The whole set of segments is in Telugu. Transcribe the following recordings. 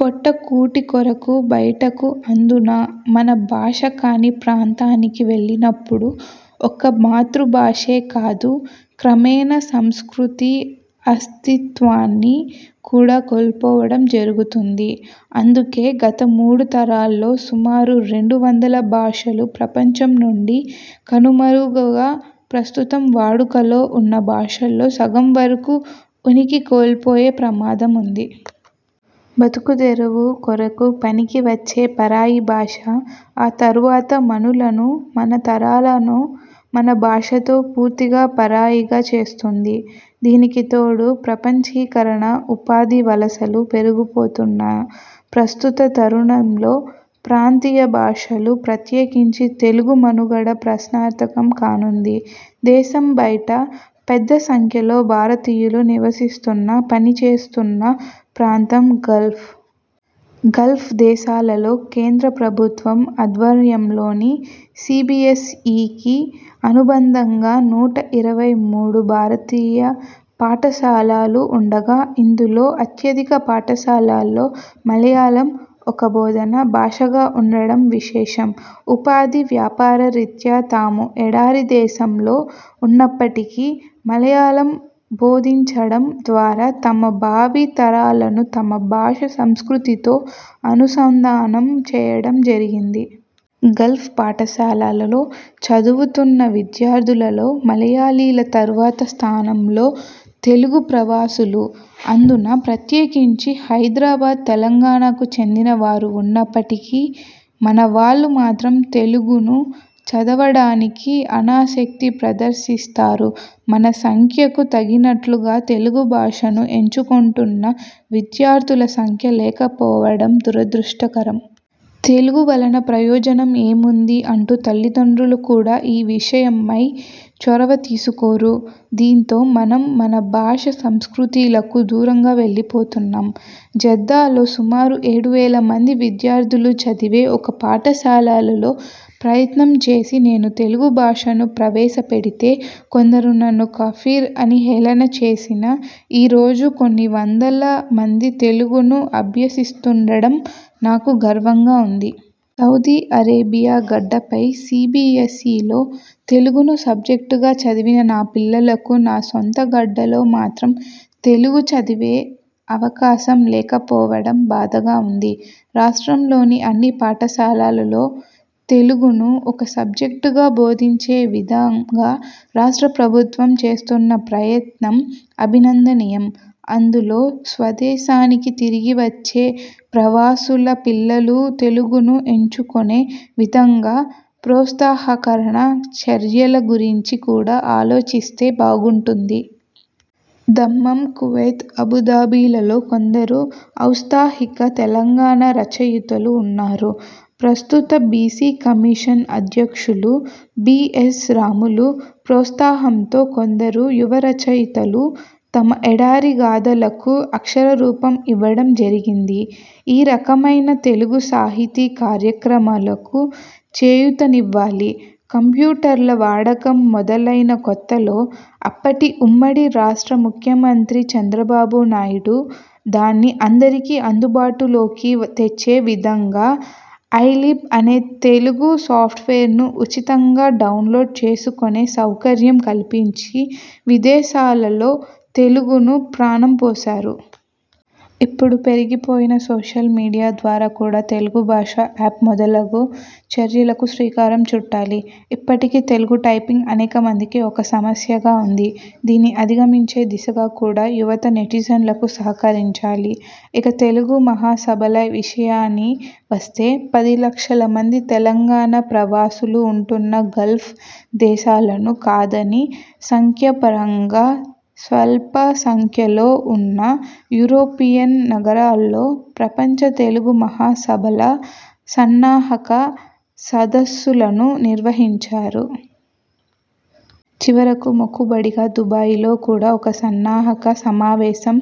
పొట్ట కూటి కొరకు బయటకు అందునా మన భాష కాని ప్రాంతానికి వెళ్ళినప్పుడు ఒక్క మాతృభాషే కాదు క్రమేణా సంస్కృతి, అస్తిత్వాన్ని కూడా కోల్పోవడం జరుగుతుంది. అందుకే గత మూడు తరాల్లో సుమారు రెండు వందల భాషలు ప్రపంచం నుండి కనుమరుగవగా ప్రస్తుతం వాడుకలో ఉన్న భాషల్లో సగం వరకు ఉనికి కోల్పోయే ప్రమాదం ఉంది. బతుకుదెరువు కొరకు పనికివచ్చే పరాయి భాష ఆ తర్వాత మనలను మన తరాలను మన భాషతో పూర్తిగా పరాయిగా చేస్తుంది. దీనికితోడు ప్రపంచీకరణ, ఉపాధి వలసలు పెరిగిపోతున్న ప్రస్తుత తరుణంలో ప్రాంతీయ భాషలు, ప్రత్యేకించి తెలుగు మనుగడ ప్రశ్నార్థకం కానుంది. దేశంబైట పెద్ద సంఖ్యలో భారతీయులు నివసిస్తున్న, పనిచేస్తున్న ప్రాంతం గల్ఫ్. గల్ఫ్ దేశాలలో కేంద్ర ప్రభుత్వ ఆధ్వర్యంలోని సీబీయస్ఈకి అనుబంధంగా నూట ఇరవై మూడు భారతీయ పాఠశాలలు ఉండగా ఇందులో అత్యధిక పాఠశాలల్లో మలయాళం ఒక బోధన భాషగా ఉండడం విశేషం. ఉపాధి, వ్యాపార రీత్యా తాము ఎడారి దేశంలో ఉన్నప్పటికీ మలయాళం బోధించడం ద్వారా తమ భావి తరాలను తమ భాష, సంస్కృతితో అనుసంధానం చేయడం జరిగింది. గల్ఫ్ పాఠశాలలో చదువుతున్న విద్యార్థులలో మలయాళీల తర్వాతి స్థానంలో తెలుగు ప్రవా సులు, అందునా ప్రత్యేకించి హైదరాబాద్, తెలంగాణకు చెందిన వారు ఉన్నప్పటికీ మన వాళ్ళు మాత్రం తెలుగును చదవడానికి అనాసక్తి ప్రదర్శిస్తారు. మన సంఖ్యకు తగినట్లుగా తెలుగు భాషను ఎంచుకొంటున్న విద్యార్థుల సంఖ్య లేకపోవడం దురదృష్టకరం. తెలుగు వలన ప్రయోజనం ఏముంది అంటూ తల్లిదండ్రులు కూడా ఈ విషయమై చొరవ తీసుకోరు. దీంతో మనం మన భాష, సంస్కృతులకు దూరంగా వెళ్ళిపోతున్నాం. జెద్ధాలో సుమారు ఏడువేల మంది విద్యార్థులు చదివే ఒక పాఠశాలలో ప్రయత్నం చేసి నేను తెలుగు భాషను ప్రవేశపెడితే కొందరు నన్ను 'కాఫీర్' అని హేళన చేసినా ఈ రోజు కొన్ని వందల మంది తెలుగును అభ్యసిస్తుండం నాకు గర్వంగా ఉంది. సౌదీ అరేబియా గడ్డపై సీబీయస్ఈలో తెలుగును సబ్జెక్టుగా చదివిన నా పిల్లలకు నా సొంత గడ్డలో మాత్రం తెలుగు చదివే ఆవకాశం లేకపోవడం బాధగా ఉంది. రాష్ట్రంలోని అన్ని పాఠశాలల్లో తెలుగును ఒక సబ్జెక్టుగా బోధించే విధంగా రాష్ట్ర ప్రభుత్వం చేస్తున్న ప్రయత్నం అభినందనీయం. అందులో స్వదేశానికి తిరిగి వచ్చే ప్రవాసుల పిల్లలు తెలుగును ఎంచుకొనే విధంగా ప్రోత్సాహకర చర్యల గురించి కూడా ఆలోచిస్తే బాగుంటుంది. దమ్మాం, కువైత్, అబుధాబిలలో కొందరు ఔత్సాహిక తెలంగాణ రచయితలు ఉన్నారు. ప్రస్తుత బీసీ కమిషన్ అధ్యక్షులు బి. యస్. రాములు ప్రోత్సాహంతో కొందరు యువ రచయితలు తమ ఎడారి గాథలకు అక్షర రూపం ఇవ్వడం జరిగింది. ఈ రకమైన తెలుగు సాహితీ కార్యక్రమాలకు చేయూతనివ్వాలి. కంప్యూటర్ల వాడకం మొదలైన కొత్తలో అప్పటి ఉమ్మడి రాష్ట్ర ముఖ్యమంత్రి చంద్రబాబు నాయుడు దాన్ని అందరికీ అందుబాటులోకి తెచ్చే విధంగా ఐలీప్ అనే తెలుగు సాఫ్ట్వేర్ను ఉచితంగా డౌన్ లోడ్ చేసుకొనే సౌకర్యం కల్పించి విదేశాల్లో తెలుగుకు ప్రాణం పోసారు. ఇప్పుడు పెరిగిపోయిన సోషల్ మీడియా ద్వారా కూడా తెలుగు భాష యాప్ మొదలగు చర్యలకు శ్రీకారం చుట్టాలి. ఇప్పటికీ తెలుగు టైపింగ్ అనేక మందికి ఒక సమస్యగా ఉంది. దీన్ని అధిగమించే దిశగా కూడా యువత నెటిజన్లకు సహకరించాలి. ఇక తెలుగు మహాసభల విషయాని వస్తే, పది లక్షల మంది తెలంగాణ ప్రవాసులు ఉంటున్న గల్ఫ్ దేశాలను కాదని సంఖ్యాపరంగా స్వల్ప సంఖ్యలో ఉన్న యూరోపియన్ నగరాల్లో ప్రపంచ తెలుగు మహాసభల సన్నాహక సదస్సులను నిర్వహించారు. చివరకు మొక్కుబడిగా దుబాయిలో కూడ ఒక సన్నాహక సమావేశం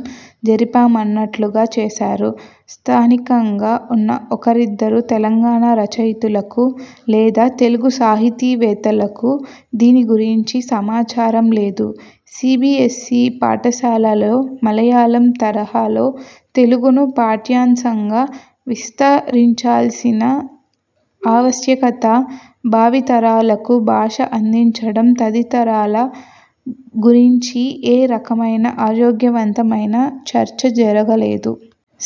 జరిపామన్నట్లుగా చేసారు. స్థానికంగా ఉన్న ఒకరిద్దరు తెలంగాణ రచయితలకు, లేదా తెలుగు సాహితీవేత్తలకు దీని గురించి సమాచారం లేదు. సీబీయస్ఈ పాఠశాలలో మలయాళం తరహాలో తెలుగును పాఠ్యాంశంగా విస్తరించాల్సిన ఆవశ్యకత, భావి తరాలకు భాష అందించడం తదితరాల గురించి ఏ రకమైన ఆరోగ్యవంతమైన చర్చ జరుగలేదు.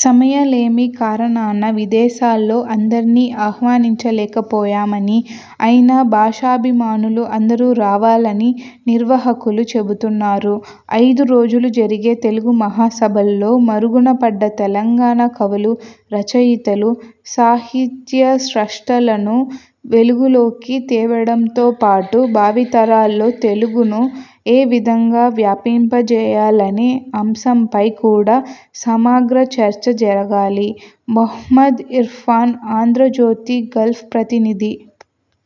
సమయలేమి కారణాన విదేశాల్లో అందర్నీ ఆహ్వనించలేకపోయామని, అయినా భాషాభిమానులు అందరూ రావాలని నిర్వాహకులు చెబుతున్నారు. అయిదు రోజులు జరిగే తెలుగు మహాసభల్లో మరుగునపడ్డ తెలంగాణ కవులు, రచయితలు, సాహిత్య స్రష్టలను వెలుగులోకి తేవడంతో పాటు భావితరాల్లో తెలుగును ఏ విధంగా వ్యాపింపజేయాలనే ఆంశంపై కూడా సమగ్ర చర్చ జరగాలి. మొహమ్మద్ ఇర్ఫాన్ ఆంధ్రజ్యోతి గల్ఫ్ ప్రతినిధి